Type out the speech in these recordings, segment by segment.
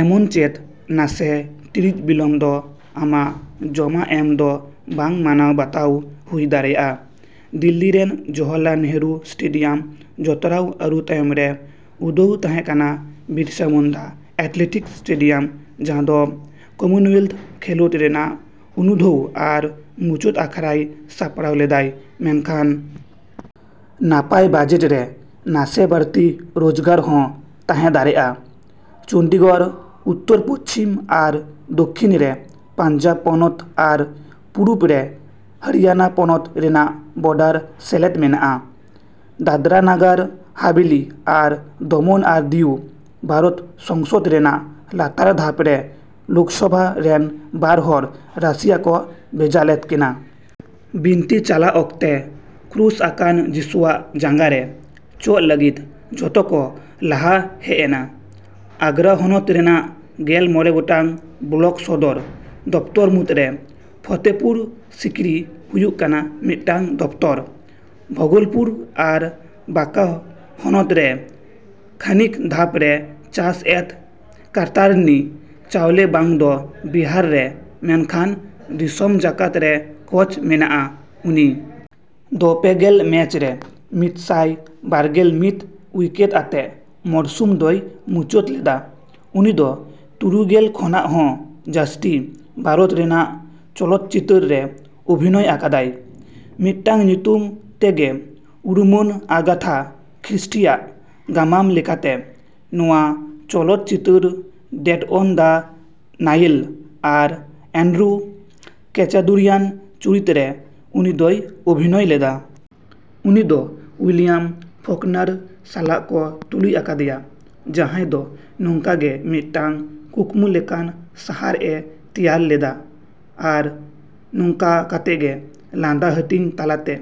ᱮᱢᱚᱱᱪᱮᱫ ᱱᱟᱥᱮ ᱴᱤᱲᱤᱡ ᱵᱤᱞᱚᱢ ᱫᱚ ᱟᱢᱟᱜ ᱡᱚᱢᱟ ᱮᱢ ᱫᱚ ᱵᱟᱝ ᱢᱟᱱᱟᱣ ᱵᱟᱛᱟᱣ ᱦᱳᱭ ᱫᱟᱲᱮᱭᱟᱜᱼᱟ᱾ ᱫᱤᱞᱞᱤ ᱨᱮᱱ ᱡᱚᱦᱚᱨᱞᱟᱞ ᱱᱮᱦᱩᱨᱩ ᱥᱴᱮᱰᱤᱭᱟᱢ ᱡᱚᱛᱨᱟᱣ ᱟᱹᱨᱩ ᱛᱟᱭᱚᱢ ᱨᱮ ᱩᱰᱷᱟᱹᱣ ᱛᱟᱦᱮᱸ ᱠᱟᱱᱟ ᱵᱤᱨᱥᱟᱹ ᱢᱩᱱᱰᱟ ᱮᱛᱷᱮᱞᱮᱴᱤᱠᱥ ᱥᱴᱮᱰᱤᱭᱟᱢ ᱡᱟᱸᱦᱟ ᱫᱚ ᱠᱚᱢᱚᱱᱳᱭᱮᱞᱛᱷ ᱠᱷᱮᱸᱞᱰ ᱨᱮᱭᱟᱜ ᱩᱱᱩᱰᱷᱟᱹᱣ ᱟᱨ ᱢᱩᱪᱟᱹᱫ ᱟᱠᱷᱟᱲᱟᱭ ᱥᱟᱯᱲᱟᱣ ᱞᱮᱫᱟᱭ᱾ᱢᱮᱱᱠᱷᱟᱱ ᱱᱟᱯᱟᱭ ᱵᱟᱡᱮᱴ ᱨᱮ ᱱᱟᱥᱮ ᱵᱟᱲᱛᱤ ᱨᱚᱡᱽᱜᱟᱨ ᱦᱚᱸ ᱛᱟᱸᱦᱮ ᱫᱟᱲᱮᱜᱼᱟ᱾ ᱪᱚᱱᱰᱤᱜᱚᱲ ᱩᱛᱛᱚᱨ, ᱯᱚᱥᱪᱷᱤᱢ ᱟᱨ ᱫᱚᱠᱠᱷᱤᱱ ᱨᱮ ᱯᱟᱧᱡᱟᱵᱽ ᱯᱚᱱᱚᱛ ᱟᱨ ᱯᱩᱨᱩᱵ ᱨᱮ ᱦᱚᱨᱤᱭᱟᱱᱟ ᱯᱚᱱᱚᱛ ᱨᱮᱭᱟᱜ ᱵᱚᱰᱟᱨ ᱥᱮᱞᱮᱫ ᱢᱮᱱᱟᱜᱼᱟ᱾ ᱫᱟᱫᱨᱟ, ᱱᱟᱜᱟᱨ ᱦᱟᱵᱷᱮᱞᱤ ᱟᱨ ᱫᱚᱢᱚᱱ ᱟᱨ ᱫᱤᱭᱩ ᱵᱷᱟᱨᱚᱛ ᱥᱚᱝᱥᱚᱫ ᱨᱮᱭᱟᱜ ᱞᱟᱛᱟᱨ ᱫᱷᱟᱯ ᱨᱮ ᱞᱳᱠᱥᱚᱵᱷᱟ ᱨᱮᱱ ᱵᱟᱨ ᱦᱚᱲ ᱨᱟᱹᱥᱤᱭᱟᱹ ᱠᱚ ᱵᱷᱮᱡᱟ ᱞᱮᱫ ᱠᱤᱱᱟ᱾ ᱵᱤᱱᱛᱤ ᱪᱟᱞᱟᱜ ᱚᱠᱛᱮ, ᱠᱩᱨᱩᱥ ᱟᱠᱟᱱ ᱡᱤᱥᱩᱣᱟᱜ ᱡᱟᱸᱜᱟ ᱨᱮ ᱪᱚᱜᱽ ᱞᱟᱹᱜᱤᱫ ᱡᱚᱛᱚ ᱠᱚ ᱞᱟᱦᱟ ᱦᱮᱡ ᱮᱱᱟ᱾ᱟᱜᱽᱜᱨᱟ ᱦᱚᱱᱚᱛ ᱨᱮᱭᱟᱜ ᱜᱮᱞ ᱢᱚᱲᱮ ᱜᱚᱴᱟᱝ ᱵᱞᱚᱠ ᱥᱚᱫᱚᱨ ᱫᱚᱯᱛᱚᱨ ᱢᱩᱫᱽᱨᱮ ᱯᱷᱚᱛᱮᱯᱩᱨ ᱥᱤᱠᱨᱤ ᱦᱳᱭᱳᱜ ᱠᱟᱱᱟ ᱢᱤᱫᱴᱟᱝ ᱫᱚᱯᱛᱚᱨ᱾ ᱵᱷᱚᱜᱚᱞᱯᱩᱨ ᱟᱨ ᱵᱟᱸᱠᱟ ᱦᱚᱱᱚᱛ ᱨᱮ ᱠᱷᱟᱹᱱᱤᱠ ᱫᱷᱟᱯ ᱨᱮ ᱪᱟᱥ ᱮᱫ ᱠᱟᱛᱟᱨᱱᱤ ᱪᱟᱣᱞᱮ ᱵᱟᱝ ᱫᱚ ᱵᱤᱦᱟᱨ ᱨᱮ ᱢᱮᱱᱠᱷᱟᱱ ᱫᱤᱥᱚᱢ ᱡᱟᱠᱟᱛ ᱨᱮ ᱠᱚᱡ ᱢᱮᱱᱟᱜ ᱟ᱾ᱩᱱᱤ ᱫᱚ ᱯᱮ ᱜᱮᱞ ᱢᱮᱪ ᱨᱮ ᱢᱤᱫᱥᱟᱭ ᱵᱟᱨ ᱜᱮᱞ ᱢᱤᱫ ᱩᱭᱠᱮᱴ ᱟᱛᱮ ᱢᱚᱨᱥᱩᱢ ᱫᱚᱭ ᱢᱩᱪᱟᱹᱫ ᱞᱮᱫᱟ᱾ᱩᱱᱤᱫᱚ ᱛᱩᱨᱩᱭ ᱜᱮᱞ ᱜᱚᱴᱟᱝ ᱠᱷᱚᱱᱟᱜ ᱦᱚᱸ ᱡᱟᱥᱛᱤ ᱵᱷᱟᱨᱚᱛ ᱨᱮᱭᱟᱜ ᱪᱚᱞᱚᱛ ᱪᱤᱛᱟᱹᱨ ᱨᱮ ᱚᱵᱷᱤᱱᱚᱭ ᱟᱠᱟᱫᱟᱭ᱾ ᱢᱤᱫᱴᱟᱝ ᱧᱩᱛᱩᱢ ᱛᱮᱜᱮ ᱩᱨᱩᱢᱟᱱ ᱟᱜᱟᱛᱷᱟ ᱠᱨᱤᱥᱴᱤᱭᱟᱜ ᱜᱟᱢᱟᱢ ᱞᱮᱠᱟᱛᱮ ᱱᱚᱶᱟ ᱪᱚᱞᱚᱛ ᱪᱤᱛᱟᱹᱨ ᱰᱮᱛᱷ ᱚᱱ ᱫᱟ ᱱᱟᱭᱤᱞ ᱟᱨ ᱟᱱᱰᱨᱩ ᱠᱮᱪᱟᱫᱩᱨᱤᱭᱟᱱ ᱪᱩᱨᱤᱛ ᱨᱮ ᱩᱱᱤᱫᱚᱭ ᱚᱵᱷᱤᱱᱚᱭ ᱞᱮᱫᱟ᱾ ᱩᱱᱤᱫᱚ ᱩᱭᱞᱤᱭᱟᱢ ᱯᱷᱚᱠᱱᱟᱨ ᱥᱟᱞᱟᱜ ᱠᱚ ᱛᱩᱞᱩᱡ ᱟᱠᱟᱫᱮᱭᱟ ᱡᱟᱸᱦᱟᱭ ᱫᱚ ᱱᱚᱝᱠᱟᱜᱮ ᱢᱤᱫᱴᱟᱝ ᱠᱩᱠᱢᱩ ᱞᱮᱠᱟᱱ ᱥᱟᱦᱟᱨ ᱮ ᱛᱮᱭᱟᱨ ᱞᱮᱫᱟ ᱟᱨ ᱱᱚᱝᱠᱟ ᱠᱟᱛᱮᱜᱮ ᱞᱟᱸᱫᱟ ᱦᱟᱴᱤᱧ ᱛᱟᱞᱟᱛᱮ,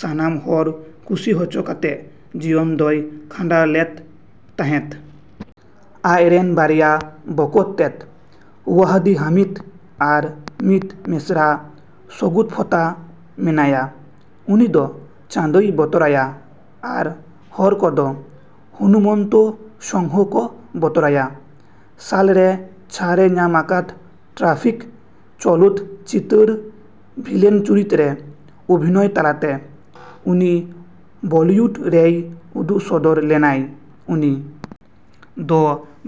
ᱥᱟᱱᱟᱢ ᱦᱚᱲ ᱠᱩᱥᱤ ᱦᱚᱪᱚ ᱠᱟᱛᱮ ᱡᱤᱭᱚᱱ ᱫᱚᱭ ᱠᱷᱟᱸᱰᱟᱣ ᱞᱮᱫ ᱛᱟᱸᱦᱮᱫ᱾ ᱟᱡᱨᱮᱱ ᱵᱟᱨᱭᱟ ᱵᱚᱠᱚᱛᱛᱮᱫ, ᱳᱣᱟᱦᱟᱫᱤ ᱦᱟᱢᱤᱫ, ᱟᱨ ᱢᱤᱫ ᱢᱤᱥᱨᱟ ᱥᱚᱜᱩᱯᱷᱚᱛᱟ ᱢᱮᱱᱟᱭᱟ᱾ ᱩᱱᱤ ᱫᱚ ᱪᱟᱸᱫᱳᱭ ᱵᱚᱛᱚᱨᱟᱭᱟ, ᱟᱨ ᱦᱚᱲ ᱠᱚᱫᱚ ᱦᱚᱱᱩᱢᱚᱱᱛᱚ ᱥᱚᱝᱦᱚ ᱠᱚ ᱵᱚᱛᱚᱨᱟᱭᱟ᱾ ᱥᱟᱞ ᱨᱮ ᱪᱷᱟᱲ ᱮ ᱧᱟᱢ ᱟᱠᱟᱫ ᱽᱴᱨᱟᱯᱷᱤᱠᱽ ᱪᱚᱞᱚᱛ ᱪᱤᱛᱟᱹᱨ ᱵᱷᱤᱞᱮᱱ ᱪᱩᱨᱤᱛ ᱨᱮ ᱚᱵᱷᱤᱱᱚᱭ ᱛᱟᱞᱟᱛᱮ ᱩᱱᱤ ᱵᱚᱞᱤᱭᱩᱰ ᱨᱮᱭ ᱩᱫᱩᱜ ᱥᱚᱫᱚᱨ ᱞᱮᱱᱟᱭ᱾ᱩᱱᱤ ᱫᱚ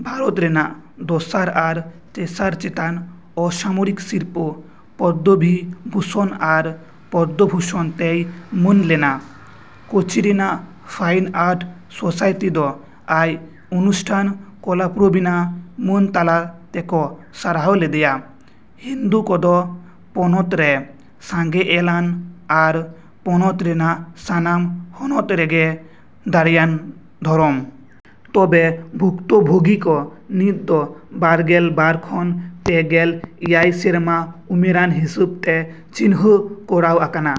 ᱵᱷᱟᱨᱚᱛ ᱨᱮᱭᱟᱜ ᱫᱚᱥᱟᱨ ᱟᱨ ᱛᱮᱥᱟᱨ ᱪᱮᱛᱟᱱ ᱚᱥᱟᱢᱚᱨᱤᱠ ᱥᱤᱨᱯᱟᱹ ᱯᱚᱫᱫᱚᱵᱤᱵᱷᱩᱥᱚᱱ ᱟᱨ ᱯᱚᱫᱫᱚ ᱵᱷᱩᱥᱚᱱ ᱛᱮᱭ ᱢᱟᱹᱱ ᱞᱮᱱᱟ᱾ ᱠᱳᱪᱤ ᱨᱮᱭᱟᱜ ᱯᱷᱟᱭᱤᱱ ᱟᱨᱴᱥ ᱥᱳᱥᱟᱭᱴᱤ ᱫᱚ ᱟᱡ ᱽᱚᱱᱩᱥᱴᱟᱱ ᱠᱚᱞᱟᱯᱨᱚᱵᱤᱱᱟ ᱢᱟᱹᱱ ᱛᱟᱞᱟ ᱛᱮᱠᱚ ᱥᱟᱨᱦᱟᱣ ᱞᱮᱫᱮᱭᱟ᱾ ᱦᱤᱱᱫᱩ ᱠᱚᱫᱚ ᱯᱚᱱᱚᱛ ᱨᱮ ᱥᱟᱸᱜᱮ ᱮᱞ ᱟᱱ ᱟᱨ ᱯᱚᱱᱚᱛ ᱨᱮᱭᱟᱜ ᱥᱟᱱᱟᱢ ᱦᱚᱱᱚᱛ ᱨᱮᱜᱮ ᱫᱟᱲᱮᱭᱟᱱ ᱫᱷᱚᱨᱚᱢ᱾ ᱛᱚᱵᱮ, ᱵᱷᱩᱠᱛᱚᱵᱷᱳᱜᱤ ᱠᱚ ᱱᱤᱛ ᱫᱚ ᱵᱟᱨ ᱜᱮᱞ ᱵᱟᱨ ᱠᱷᱚᱱ ᱯᱮ ᱜᱮᱞ ᱮᱭᱟᱭ ᱥᱮᱨᱢᱟ ᱩᱢᱮᱨᱟᱱ ᱦᱤᱥᱟᱹᱵᱛᱮ ᱪᱤᱱᱦᱟᱹ ᱠᱚᱨᱟᱶ ᱟᱠᱟᱱᱟ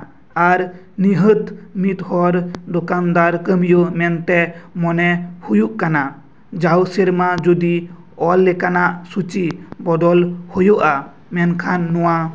ᱟᱨ ᱱᱤᱦᱟᱹᱛ ᱢᱤᱫᱦᱚᱲ ᱫᱚᱠᱟᱱᱫᱟᱨ ᱠᱟᱹᱢᱤᱭᱟᱹ ᱢᱮᱱᱛᱮ ᱢᱚᱱᱮ ᱦᱩᱭᱩᱜ ᱠᱟᱱᱟ᱾ ᱡᱟᱣ ᱥᱮᱨᱢᱟ ᱡᱚᱫᱤ ᱚᱞ ᱞᱮᱠᱟᱱᱟ ᱥᱩᱪᱤ ᱵᱚᱫᱚᱞ ᱦᱳᱭᱳᱜᱼᱟ, ᱢᱮᱱᱠᱷᱟᱱ ᱱᱚᱶᱟ